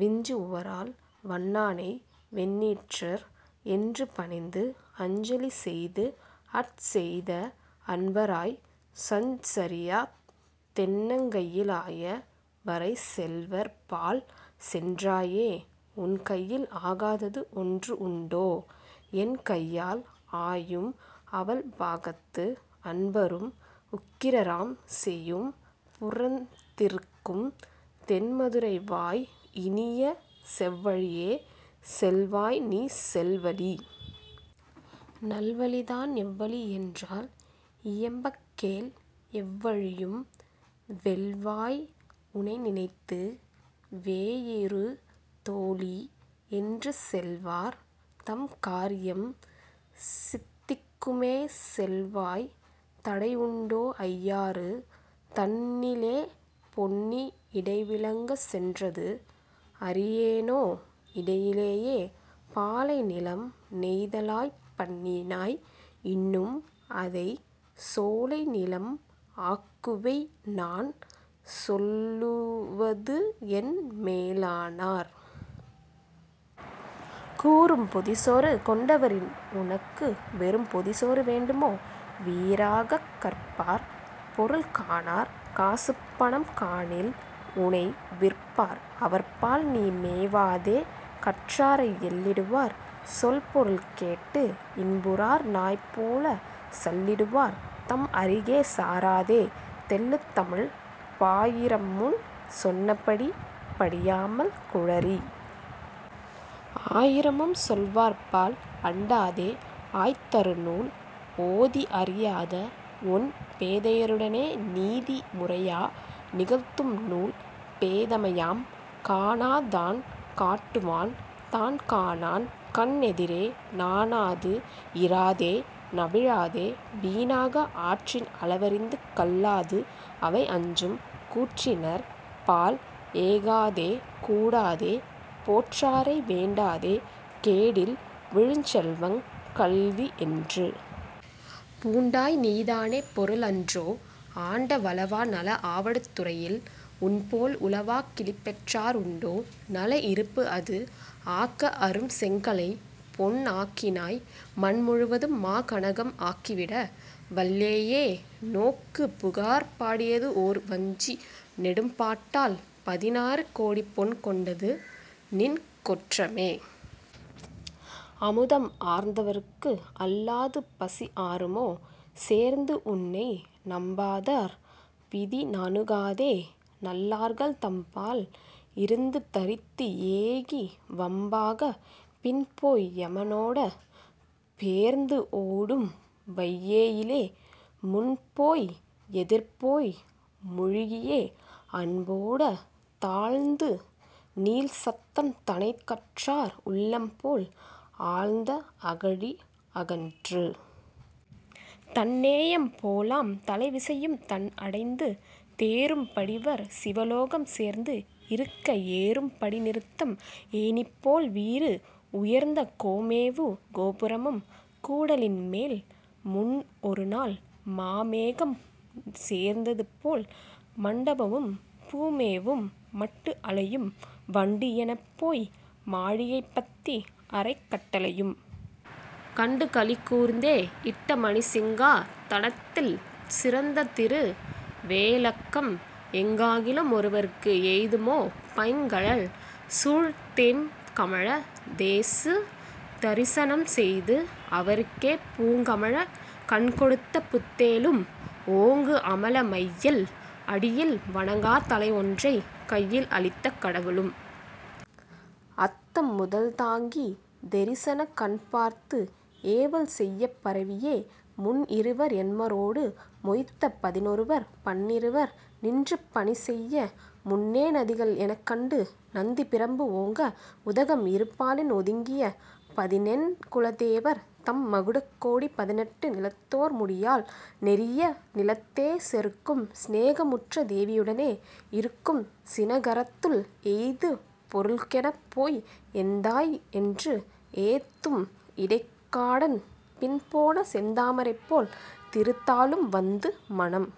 விஞ்சு உவரால் வண்ணானை வெண்ணீற்றர் என்றுபணிந்து அஞ்சலி செய்து ஆட்செய்த அன்பராய்ச் சஞ்சரியாத் தென்னங்கையிலாய வரைச் செல்வர்பால் சென்றாயே உன்கையில் ஆகாதது ஒன்று உண்டோ என்கையால் ஆயும் அவள் பாகத்து அன்பரும் உக்கிரராம் சேயும் புரந்திருக்கும் தென்மதுரை வாய் இனிய செவ்வழியே செல்வாய் நீ செல்வழி நல்வழிதான் எவ்வழி என்றால் இயம்பக் கேள் எவ்வழியும் வெல்வாய் உனைநினைத்து வேயுறு தோளி என்று செல்வார் தம் காரியம் சித்திக்குமே செல்வாய் தடைஉண்டோ ஐயாறு தன்னிலே பொன்னி இடைவிலங்கச் சென்றது அறியேனோ இடையிலேயே பாலைநிலம் நெய்தலாப் பண்ணினாய் இன்னும்அதைச் சோலைநிலம் ஆக்குவை நான் சொல்லுவதுஎன் மேலானார் கூறும் பொதிசோறு கொண்டவரின் உனக்கு வேறும் பொதிசோறு வேண்டுமோ வீறாகக் கற்பார் பொருள்காணார் காசுபணம் காணில் உனை விற்பார் அவர்பால் நீ மேவாதே கற்றாரை எள்ளிடுவார் சொல்பொருள் கேட்டு இன்புறார் நாய் போலச் சள்ளிடுவார் தம் அருகே சாராதே தெள்ளுதமிழ்ப் பாயிரம்முன் சொன்னபடி படியாமல் குழறி ஆயிரமும் சொல்வார்பால் அண்டாதே ஆய்தருநூல் ஓதிஅறியாத ஒண் பேதையருடனே நீதி முறையா நிகழ்த்தும் நூல் பேதமையாம் காணாதான் காட்டுவான் தான்காணான் கண்எதிரே நாணாது இராதே நவிலாதே வீணாக ஆற்றின் அளவறிந்து கல்லாது அவைஅஞ்சும் கூற்றினர் பால் ஏகாதே கூடாதே போற்றாரை வேண்டாதே கேடில் விழுச்செல்வங் கல்விஎன்று பூண்டாய் நீதானே பொருள் அன்றோ ஆண்ட வலவா நல ஆவடுதுறையில் உன்போல் உலவாக்கிழி பெற்றார் உண்டோ நல இருப்புஅது ஆக்க அரும் செங்கலைப் பொன் ஆக்கினாய் மண் முழுதும் மாக்கனகம் ஆக்கிவிட வல்லையே நோக்கு புகார் பாடியதுஓர் வஞ்சி நெடும்பாட்டால் பதினாறு கோடிபொன் கொண்டது நின்கொற்றமே அமுதம் ஆர்ந்தவர்க்கு அல்லாது பசி ஆறுமோ சேர்ந்து உன்னை நம்பாதார் வீதி நணுகாதே நல்லார்கள் தம்பால் இருந்து தரித்து ஏகி வம்பாகப் பின்போய் யமன்ஓடப் பேர்ந்துஓடும் வையையிலே முன்போய் எதிர்போய் முழுகியே அன்போட தாழ்ந்து நீள் சத்தம் தனைக் கற்றார் உள்ளம்போல் ஆழ்ந்த அகழி அகன்று தன் நேயம் போலாம் தளவிசையும் தன் அடைந்து தேறும் படிவர் சிவலோகம் சேர்ந்து இருக்க ஏறும் படி நிறுத்தும் ஏணிபோல் வீறு உயர்ந்த கோமேவு கோபுரமும் கூடலின்மேல் முன் ஒருநால் மாமேகம் சேர்ந்தது போல் மண்டபமும் பூமேவும் மட்டு அளையும் வண்டுஎனப்போய் மாளிகைப்பத்தி அறைக் கட்டளையும் கண்டு களி கூர்ந்தே இட்ட மணிச் சிங்கா தனத்தில் சிறந்ததிரு வேலக்கம் எங்காகிலும் ஒருவர்க்கு எய்துமோ பைங்கழல் சூழ் தேம்கமலத் தேசு தெரிசனம் செய்து அவர்க்கே பூங்கமலக் கண் கொடுத்த புத்தேளும் -ஓங்கு அமல மையில் அடியில் வணங்காத் தலை ஒன்றைக் கையில் அளித்த கடவுளும் அத்தம் முதல் தாங்கி தெரிசனக் கண் பார்த்து ஏவல் செய்யப் பரவியே முன்இருவர் எண்மரொடு மொய்த்த பதினொருவர் பன்னிருவர் நின்று பணிசெய்ய முன்னே நதிகள் எனக்கண்டு நந்தி பிரம்பு ஓங்க உதகம் இருபாலின் ஒதுங்கிப் பதினெண் குலத்தேவர் தம் மகுடகோடி பதினெட்டு நிலத்தோர் முடியால் நெரிய நிலத்தே செருக்கும் சிநேகம் உற்ற தேவியுடனே இருக்கும் சினகரத்துள் எய்திப் பொருக்கெனப்போய் எந்தாய் என்று ஏத்தும் இடைக்காடன் பின்போன செந்தாமரை போல் திருத்தாளும் வந்து மனம்।